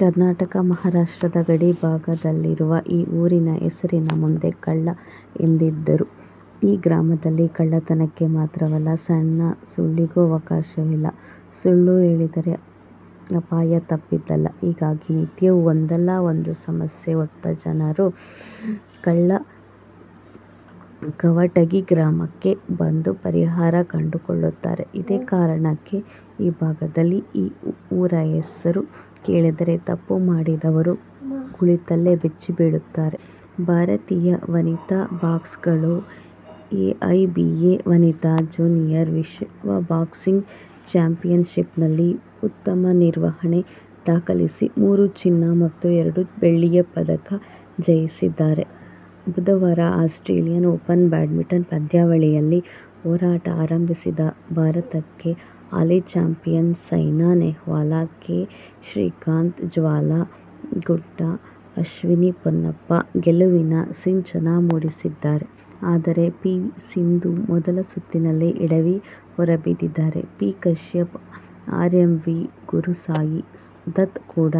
ಕರ್ನಾಟಕ-ಮಹಾರಾಷ್ಟ್ರದ ಗಡಿ ಭಾಗದಲ್ಲಿರುವ ಈ ಊರಿನ ಹೆಸರಿನ ಮುಂದೆ ಕಳ್ಳ ಎಂದಿದ್ದರೂ ಈ ಗ್ರಾಮದಲ್ಲಿ ಕಳ್ಳತನಕ್ಕೆ ಮಾತ್ರವಲ್ಲ, ಸಣ್ಣ ಸುಳ್ಳಿಗೂ ಅವಕಾಶವಿಲ್ಲ. ಸುಳ್ಳು ಹೇಳಿದರೆ ಅಪಾಯ ತಪ್ಪಿದ್ದಲ್ಲ. ಹೀಗಾಗಿ, ನಿತ್ಯವೂ ಒಂದಲ್ಲ ಒಂದು ಸಮಸ್ಯೆ ಹೊತ್ತು ಜನರು ಕಳ್ಳಕವಟಗಿ ಗ್ರಾಮಕ್ಕೆ ಬಂದು ಪರಿಹಾರ ಕಂಡುಕೊಳ್ಳುತ್ತಾರೆ. ಇದೇ ಕಾರಣಕ್ಕೆ ಈ ಭಾಗದಲ್ಲಿ ಈ ಊರ ಹೆಸರು ಕೇಳಿದರೆ ತಪ್ಪು ಮಾಡಿದವರು ಕುಳಿತಲ್ಲೇ ಬೆಚ್ಚಿ ಬೀಳುತ್ತಾರೆ. ಭಾರತೀಯ ವನಿತಾ ಬಾಕ್ಸರ್ಗಳು ಎಐಬಿಎ ವನಿತಾ ಜೂನಿಯರ್ ವಿಶ್ವ ಬಾಕ್ಸಿಂಗ್ ಚಾಂಪಿಯನ್ಶಿಪ್ನಲ್ಲಿ ಉತ್ತಮ ನಿರ್ವಹಣೆ ದಾಖಲಿಸಿ ಮೂರು ಚಿನ್ನ ಮತ್ತು ಎರಡು ಬೆಳ್ಳಿಯ ಪದಕ ಜಯಿಸಿದ್ದಾರೆ. ಬುಧವಾರ ಆಸ್ಟ್ರೇಲಿಯನ್ ಓಪನ್ ಬ್ಯಾಡ್ಮಿಂಟನ್ ಪಂದ್ಯಾವಳಿಯಲ್ಲಿ ಹೋರಾಟ ಆರಂಭಿಸಿದ ಭಾರತಕ್ಕೆ ಹಾಲಿ ಚಾಂಪಿಯನ್ ಸೈನಾ ನೆಹ್ವಾಲ್, ಕೆ. ಶ್ರೀಕಾಂತ್, ಜ್ವಾಲಾ ಗುಟ್ಟಾ-ಅಶ್ವಿನಿ ಪೊನ್ನಪ್ಪ ಗೆಲುವಿನ ಸಿಂಚನ ಮೂಡಿಸಿದ್ದಾರೆ. ಆದರೆ ಪಿ. ವಿ. ಸಿಂಧು ಮೊದಲ ಸುತ್ತಿನಲ್ಲೇ ಎಡವಿ ಹೊರಬಿದ್ದಿದ್ದಾರೆ. P. Kashyap, R. M. V. Gurusai Dutt ಕೂಡ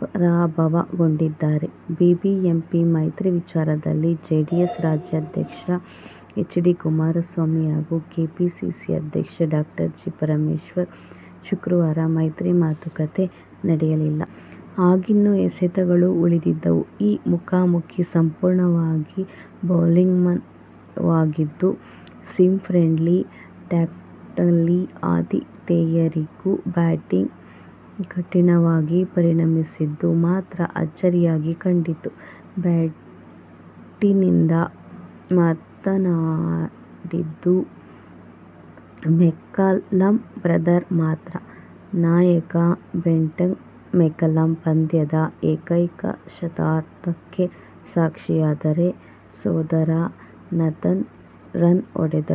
ಪರಾಭವಗೊಂಡಿದ್ದಾರೆ. ಬಿಬಿಎಂಪಿ ಮೈತ್ರಿ ವಿಚಾರದಲ್ಲಿ ಜೆಡಿಎಸ್ ರಾಜ್ಯಾಧ್ಯಕ್ಷ ಎಚ್. ಡಿ. ಕುಮಾರಸ್ವಾಮಿ ಹಾಗೂ ಕೆಪಿಸಿಸಿ ಅಧ್ಯಕ್ಷ ಡಾ. ಜಿ. ಪರಮೇಶ್ವರ್ ಶುಕ್ರವಾರ ಮೈತ್ರಿ ಮಾತುಕತೆ ನಡೆಯಲಿಲ್ಲ. ಆಗಿನ್ನೂ ಎಸೆತಗಳು ಉಳಿದಿದ್ದವು. ಈ ಮುಖಾಮುಖೀ ಸಂಪೂರ್ಣವಾಗಿ ಬೌಲಿಂಗ್ಮಯವಾಗಿತ್ತು. ಸೀಮ್ ಫ್ರೆಂಡ್ಲಿ ಟ್ರ್ಯಾಕ್ನಲ್ಲಿ ಆತಿಥೇಯರಿಗೂ ಬ್ಯಾಟಿಂಗ್ ಕಠಿನವಾಗಿ ಪರಿಣಮಿಸಿದ್ದು ಮಾತ್ರ ಅಚ್ಚರಿಯಾಗಿ ಕಂಡಿತು. ಬ್ಯಾಟಿನಿಂದ ಮಾತಾಡಿದ್ದು ಮೆಕಲಮ್ ಬ್ರದರ್ ಮಾತ್ರ. ನಾಯಕ ಬ್ರೆಂಡನ್ ಮೆಕಲಮ್ ಪಂದ್ಯದ ಏಕೈಕ ಶತಕಾರ್ಧಕ್ಕೆ ಸಾಕ್ಷಿಯಾದರೆ, ಸೋದರ ನಥನ್ ರನ್ ಹೊಡೆದರು.